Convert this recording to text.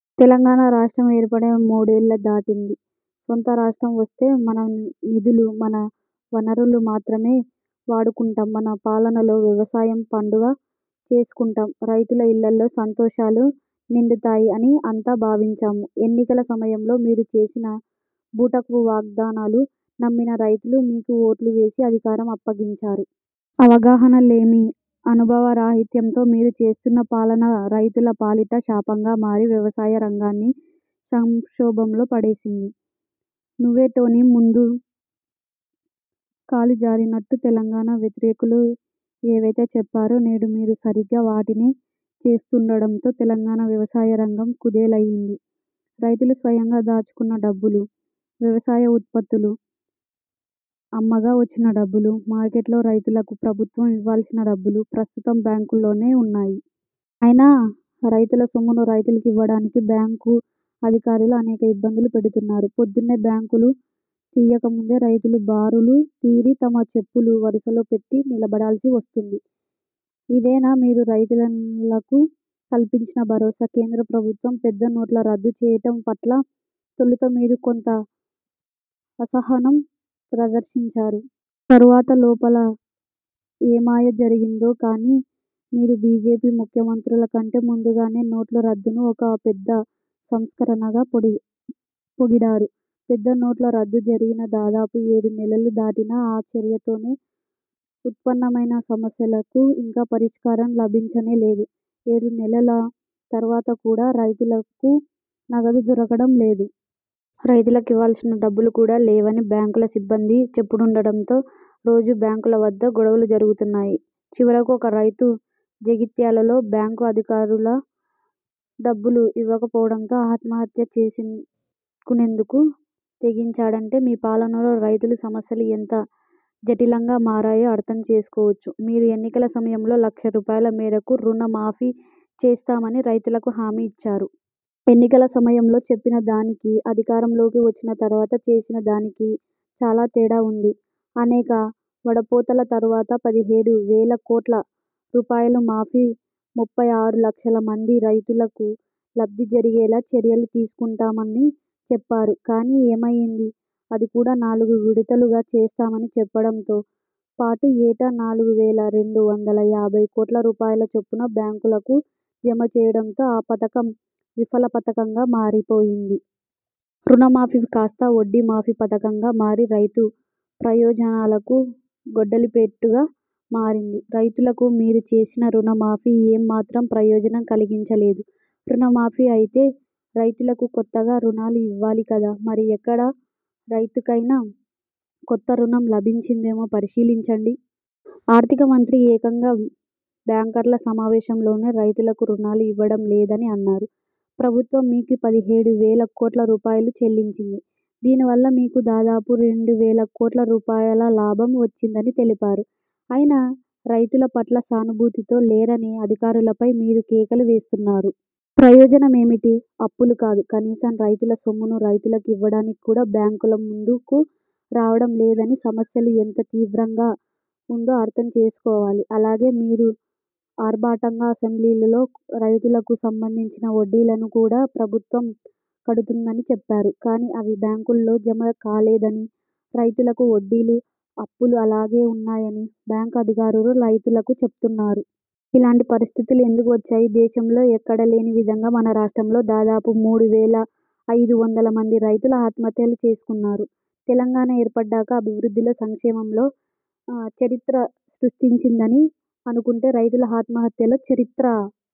తెలంగాణ రాష్ట్రం ఏర్పడి మూడేళ్లు దాటింది. సొంత రాష్ట్రం వస్తే మన నిధులు, మన వనరులు మాత్రమే వాడుకుంటాం మన పాలనలో వ్యవసాయం పండుగ చేసుకుంటాం రైతుల ఇళ్ళలో సంతోషాలు నిండుతాయి అని అంతా భావించాము. ఎన్నికల సమయంలో మీరు చేసిన బూటకపు వాగ్దా నాలు నమ్మిన రైతులు మీకు ఓట్లు వేసి అధికారం అప్పగించారు. అవగాహన లేమి, అనుభవ రాహిత్యంతో మీరు చేస్తున్న పాలన రైతుల పాలిట శాపంగా మారి వ్యవసాయ రంగాన్ని సంక్షోభంలో పడేసింది. నువ్వేటోని ముందు కాలు జారినట్టు తెలంగాణ వ్యతిరేకులు ఏవైతే చెప్పారో నేడు మీరు సరిగ్గా వాటినే చేస్తుండడంతో తెలంగాణ వ్యవసాయ రంగం కుదేలయింది. రైతులు స్వయంగా దాచుకున్న డబ్బులు, వ్యవసాయ ఉత్పత్తులు అమ్మగా వచ్చిన డబ్బులు, మార్కెట్లలో రైతులకు ప్రభుత్వం ఇవ్వాల్సిన డబ్బులు ప్రస్తుతం బ్యాంకులలోనే ఉన్నాయి. అయినా రైతుల సొమ్మును రైతులకు ఇవ్వడానికి బ్యాంకు అధికారులు అనేక ఇబ్బందులు పెడుతున్నారు! పొద్దున్నే బ్యాంకులు తీయకముందే రైతులు బారులు తీరి, తమ చెప్పులు వరసలో పెట్టి నిలబడాల్సి వస్తోంది. ఇదేనా మీరు రైతులకు కల్పించిన భరోసా? కేంద్ర ప్రభుత్వం పెద్ద నోట్ల రద్దు చేయడం పట్ల తొలుత మీరు కొంత అసహనం ప్రదర్శించారు. తరువాత లోపల ఏమాయ జరిగిందో కానీ మీరు బిజెపి ముఖ్యమంత్రులకంటే ముందుగానే నోట్ల రద్దును ఒక పెద్ద సంస్కరణగా పొడిగా పొగిడారు. పెద్ద నోట్ల రద్దు జరిగి దాదాపు ఏడు నెలల దాటినా, ఆ చర్యతో ఉత్పన్నమైన సమస్యలకు ఇంకా పరిష్కారం లభించనే లేదు. ఏడు నెలల తరువాత కూడా రైతులకు నగదు దొరకడం లేదు. రైతులకు ఇవ్వాల్సిన డబ్బులుకూడా లేవని బ్యాంకుల సిబ్బంది చెబుతుండటంతో రోజూ బ్యాంకుల వద్ద గొడవలు జరుగుతున్నాయి. చివరకు ఒక రైతు జగిత్యాలలో బ్యాంకు అధికారుల డబ్బులు ఇవ్వకపోవడంతో ఆత్మహత్య చేసుకునేందుకు తెగించాడంటే మీ పాలనలో రైతుల సమస్యలు ఎంత జటిలంగా మారాయో అర్థం చేసుకోవచ్చు. మీరు ఎన్నికల సమయంలో లక్ష రూపాయల మేరకు రుణ మాఫీ చేస్తామని రైతులకు హామీ ఇచ్చారు. ఎన్నికల సమయంలో చెప్పిన దానికి అధికారంలోకి వచ్చిన తరువాత చేసిన దానికి చాలా తేడా ఉంది. అనేక వడపోతల తరువాత పదిహేడు వేల కోట్ల రూపాయల మాఫీ, ముప్పై ఆరు లక్షల మంది రైతులకు లబ్ధి జరిగేలా చర్యలు తీసుకుంటామని చెప్పారు. కానీ ఏమయింది? అది కూడా నాలుగు విడతలుగా చేస్తామని చెప్పడంతో పాటు ఏటా నాలుగు వేల రెండు వందల యాభై కోట్ల రూపాయల చొప్పున బ్యాంకులకు జమ చేయడంతో ఆ పథకం విఫల పథకంగా మారిపోయింది. రుణ మాఫీ కాస్తా, వడ్డీ మాఫీ పథకంగా మారి రైతు ప్రయోజనాలకు గొడ్డలిపెట్టుగా మారింది. రైతులకు మీరు చేసిన రుణ మాఫీ ఏ మాత్రం ప్రయోజనం కలిగించలేదు, రుణ మాఫీ అయితే రైతులకు కొత్తగా రుణాలు ఇవ్వాలి కదా. మరి ఎక్కడ ఒక్క రైతుకైనా కొత్త రుణం లభించిందేమో పరిశీలించండి. ఆర్థిక మంత్రి ఏకంగా బ్యాంకర్ల సమావేశంలోనే రైతులకు రుణాలు ఇవ్వడం లేదని అన్నారు. ప్రభుత్వం మీకు పదిహేడు వేల కోట్ల రూపాయలు చెల్లించింది. దీని వల్ల మీకు దాదాపు రెండు వేల కోట్ల రూపాయల లాభం వచ్చిందని తెలిపారు. అయినా, రైతుల పట్ల సానుభూతితో లేరని అధికారులపై మీరు కేకలు వేస్తున్నారు. ప్రయోజనమేమిటి? అప్పులు కాదు, కనీసం రైతుల సొమ్మును రైతులకు ఇవ్వడానికి కూడా బ్యాంకులు ముందుకు రావడం లేదని సమస్య ఎంత తీవ్రంగా ఉందో అర్థం చేసుకోవాలి. అలాగే మీరు ఆర్భాటంగా అసెంబ్లీలలో రైతులకు సంబంధించిన వడ్డీలను కూడా ప్రభుత్వం కడుతుందని చెప్పారు. కానీ అవి బ్యాంకులలో జమ కాలేదని, రైతులకు వడ్డీలు, అప్పులు అలాగే ఉన్నాయని బ్యాంకు అధికారులు రైతులకు చెపుతున్నారు. ఇలాంటి పరిస్థితులు ఎందుకు వచ్చాయి? దేశంలో ఎక్కడా లేని విధంగా మన రాష్ట్రంలో దాదాపు మూడు వేల ఐదు వందల మంది రైతులు ఆత్మహత్యలు చేసుకున్నారు. తెలంగాణ ఏర్పడ్డాక అభివృద్ధిలో, సంక్షేమంలో చరిత్ర సృష్టిస్తుందని అనుకుంటే రైతుల ఆత్మహత్యలలో చరిత్ర